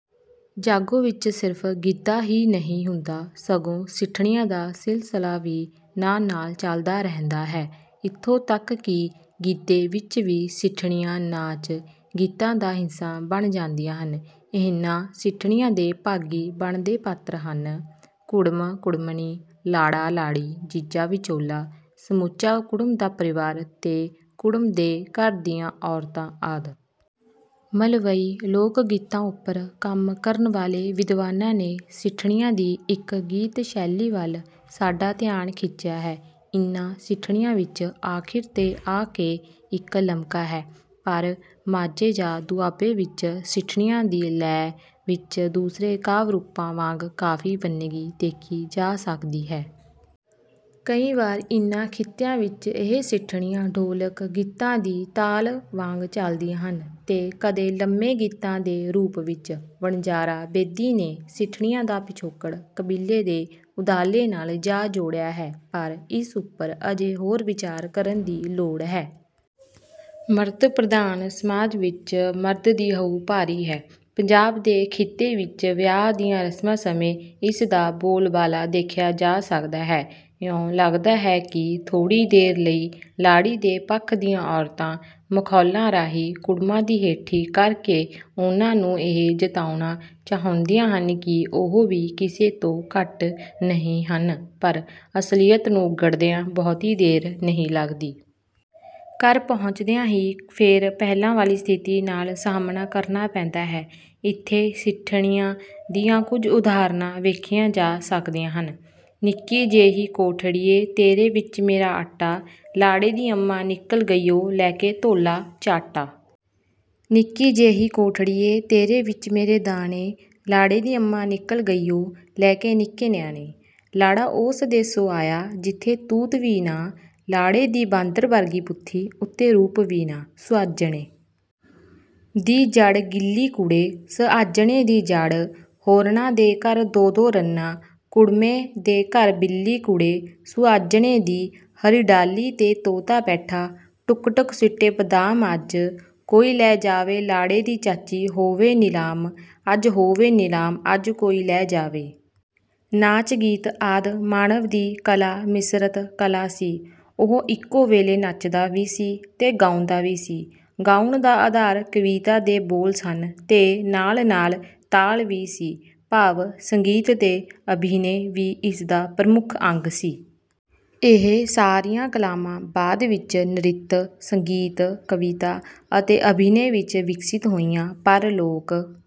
ਜਾਗੋ ਵਿਚ ਸਿਰਫ਼ ਗਿੱਧਾ ਹੀ ਨਹੀਂ ਹੁੰਦਾ ਸਗੋ ਸਿੱਠਣੀਆਂ ਦਾ ਸਿਲਸਲਾ ਵੀ ਨਾਲ ਨਾਲ ਚਲਦਾ ਰਹਿੰਦਾ ਹੈ। ਇਥੋ ਤੱਕ ਕਿ ਗਿੱਧੇ ਵਿਚ ਵੀ ਸਿੱਠਣੀਆਂ ਨਾਚ ਗੀਤਾਂ ਦਾ ਹਿੱਸਾ ਬਣ ਜਾਂਦੀਆਂ ਹਨ। ਇੰਨ੍ਹਾਂ ਸਿੱਠਣੀਆਂ ਦੇ ਭਾਗੀ ਬਣਦੇ ਪਾਤਰ ਹਨ-ਕੁੜਮ-ਕੁੜਮਣੀ, ਲਾੜਾ-ਲਾੜੀ, ਜੀਜਾ, ਵਿਚੋਲਾ, ਸਮੁੱਚਾ ਕੁੜਮ ਦਾ ਪਰਿਵਾਰ ਤੇ ਕੁੜਮ ਦੇ ਘਰ ਦੀਆਂ ਔਰਤਾਂ ਆਦਿ। ਮਲਵਈ ਲੋਕਗੀਤਾਂ ਉੱਪਰ ਕੰਮ ਕਰਨ ਵਾਲੇ ਵਿਦਵਾਨਾਂ ਨੇ ਸਿੱਠਣੀਆਂ ਦੀ ਇਕ ਗੀਤ ਸ਼ੈਲੀ ਵੱਲ ਸਾਡਾ ਧਿਆਨ ਖਿੱਚਿਆ ਹੈ। ਇੰਨਾਂ ਸਿੱਠਣੀਆਂ ਵਿਚ ਅਖੀਰ ਤੇ ਆਕੇ ਇਕ ਲਮਕਾ ਹੈ ਪਰ ਮਾਝੇ ਜਾਂ ਦੁਆਬੇ ਵਿਚ ਸਿੱਠਣੀਆਂ ਦੀ ਲੈਅ ਵਿਚ ਦੂਸਰੇ ਕਾਵਿ ਰੂਪਾਂ ਵਾਂਗ ਕਾਫ਼ੀ ਵੰਨਗੀ ਦੇਖੀ ਜਾ ਸਕਦੀ ਹੈ। ਕਈ ਵਾਰ ਇਨ੍ਹਾਂ ਖਿੱਤਿਆਂ ਵਿਚ ਇਹ ਸਿੱਠਣੀਆਂ ਢੋਲਕ ਗੀਤਾਂ ਦੀ ਤਾਲ ਵਾਂਗ ਚਲਦੀਆਂ ਹਨ ਤੇ ਕਦੇ ਲੰਮੇ ਗੀਤਾਂ ਦੇ ਰੂਪ ਵਿਚ। ਵਣਜਾਰਾ ਬੇਦੀ ਨੇ ਸਿੱਠਣੀਆਂ ਦਾ ਪਿਛੋਕੜ ਕਬੀਲੇ ਦੇ ਉਧਾਲੇ ਨਾਲ ਜਾ ਜੋੜਿਆ ਹੈ ਪਰ ਇਸ ਉੱਪਰ ਅਜੇ ਹੋਰ ਵਿਚਾਰ ਕਰਨ ਦੀ ਲੋੜ ਹੈ। ਮਰਦ ਪ੍ਰਧਾਨ ਸਮਾਜ ਵਿਚ ਮਰਦ ਦੀ ਹਉਂ ਭਾਰੂ ਹੈ। ਪੰਜਾਬ ਦੇ ਖਿੱਤੇ ਵਿਚ ਵਿਆਹ ਦੀਆਂ ਰਸਮਾਂ ਸਮੇਂ ਇਸ ਦਾ ਬੋਲਬਾਲਾ ਦੇਖਿਆ ਜਾ ਸਕਦਾ ਹੈ। ਇਉਂ ਲਗਦਾ ਹੈ ਕਿ ਥੋੜ੍ਹੀ ਦੇਰ ਲਈ ਲਾੜੀ ਦੇ ਪੱਖ ਦੀਆਂ ਔਰਤਾਂ ਮਖੌਲਾਂ ਰਾਹੀ ਕੁੜਮਾਂ ਦੀ ਹੇਠੀ ਕਰਕੇ ਉਨ੍ਹਾਂ ਨੂੰ ਇਹ ਜਤਾਉਣਾ ਚਾਹੁੰਦੀਆਂ ਹਨ ਕਿ ਉਹ ਵੀ ਕਿਸੇ ਤੋਂ ਘੱਟ ਨਹੀਂ ਹਨ ਪਰ ਅਸਲੀਅਤ ਨੂੰ ਉਘੜਦਿਆਂ ਬਹੁਤੀ ਦੇਰ ਨਹੀਂ ਲੱਗਦੀ। ਘਰ ਪਹੁੰਚਦਿਆਂ ਹੀ ਫੇਰ ਪਹਿਲਾਂ ਵਾਲ਼ੀ ਸਥਿਤੀ ਨਾਲ਼ ਸਾਹਮਣਾ ਕਰਨਾ ਪੈਂਦਾ ਹੈ। ਇਥੇ ਸਿੱਠਣੀਆਂ ਦੀਆਂ ਕੁਝ ਉਦਾਹਰਣਾਂ ਵੇਖੀਆਂ ਜਾ ਸਕਦੀਆਂ ਹਨ। -ਨਿੱਕੀ ਜਿਹੀ ਕੋਠੜੀਏ ਤੇਰੇ ਵਿਚ ਮੇਰਾ ਆਟਾ… ਲਾੜੇ ਦੀ ਅੰਮਾਂ ਨਿਕਲ਼ ਗਈਉ ਲੈ ਕੇ ਧੋਲ਼ਾ ਝਾਟਾ। ਨਿੱਕੀ ਜਿਹੀ ਕੋਠੜੀਏ ਤੇਰੇ ਵਿਚ ਮੇਰੇ ਦਾਣੇ… ਲਾੜੇ ਦੀ ਅੰਮਾਂ ਨਿਕਲ਼ ਗਈਉ ਲੈ ਕੇ ਨਿੱਕੇ ਨਿਆਣੇ। -ਲਾੜਾ ਓਸ ਦੇਸੋਂ ਆਇਆ ਜਿੱਥੇ ਤੂਤ ਵੀ ਨਾ, ਲਾੜੇ ਦੀ ਬਾਂਦਰ ਵਰਗੀ ਬੂਥੀ ਉਤੇ ਰੂਪ ਵੀ ਨਾ। -ਸੁਆਂਝਣੇ ਦੀ ਜੜ੍ਹ ਗਿੱਲੀ ਕੁੜੇ, ਸਆਂਝਣੇ ਦੀ ਜੜ੍ਹ… ਹੋਰਨਾਂ ਦੇ ਘਰ ਦੋ ਦੋ ਰੰਨਾਂ, ਕੁੜਮੇ ਦੇ ਘਰ ਬਿੱਲੀ ਕੁੜੇ, ਸੁਆਂਝਣੇ ਦੀ-ਹਰੀ ਡਾਲ੍ਹੀ ਤੇ ਤੋਤਾ ਬੈਠਾ, ਟੁੱਕ ਟੁੱਕ ਸੁੱਟੇ ਬਾਦਾਮਅੱਜ ਕੋਈ ਲੈ ਜਾਵੇ ਲਾੜੇ ਦੀ ਚਾਚੀ ਹੋਵੇ ਨਿਲਾਮ ਅੱਜ ਹੋਵੇ ਨਿਲਾਮ ਅੱਜ ਕੋਈ ਲੈ ਜਾਵੇ। ਨਾਚ ਗੀਤ ਆਦਿ ਮਾਨਵ ਦੀ ਕਲਾ ਮਿਸ਼ਰਤ ਕਲਾ ਸੀ। ਉਹ ਇਕੋ ਵੇਲੇ ਨੱਚਦਾ ਵੀ ਸੀ ਤੇ ਗਾਉਂਦਾ ਵੀ ਸੀ। ਗਾਉਣ ਦਾ ਆਧਾਰ ਕਵਿਤਾ ਦੇ ਬੋਲ ਸਨ ਤੇ ਨਾਲ ਨਾਲ ਤਾਲ ਵੀ ਸੀ; ਭਾਵ ਸੰਗੀਤ ਤੇ ਅਭਿਨੈ ਵੀ ਇਸਦਾ ਪ੍ਰਮੁੱਖ ਅੰਗ ਸੀ। ਇਹ ਸਾਰੀਆਂ ਕਲਾਵਾਂ ਬਾਦ ਵਿਚ ਨ੍ਰਿਤ, ਸੰਗੀਤ, ਕਵਿਤਾ ਅਤੇ ਅਭਿਨੈ ਵਿਚ ਵਿਕਸਤ ਹੋਈਆਂ ਪਰ ਲੋਕ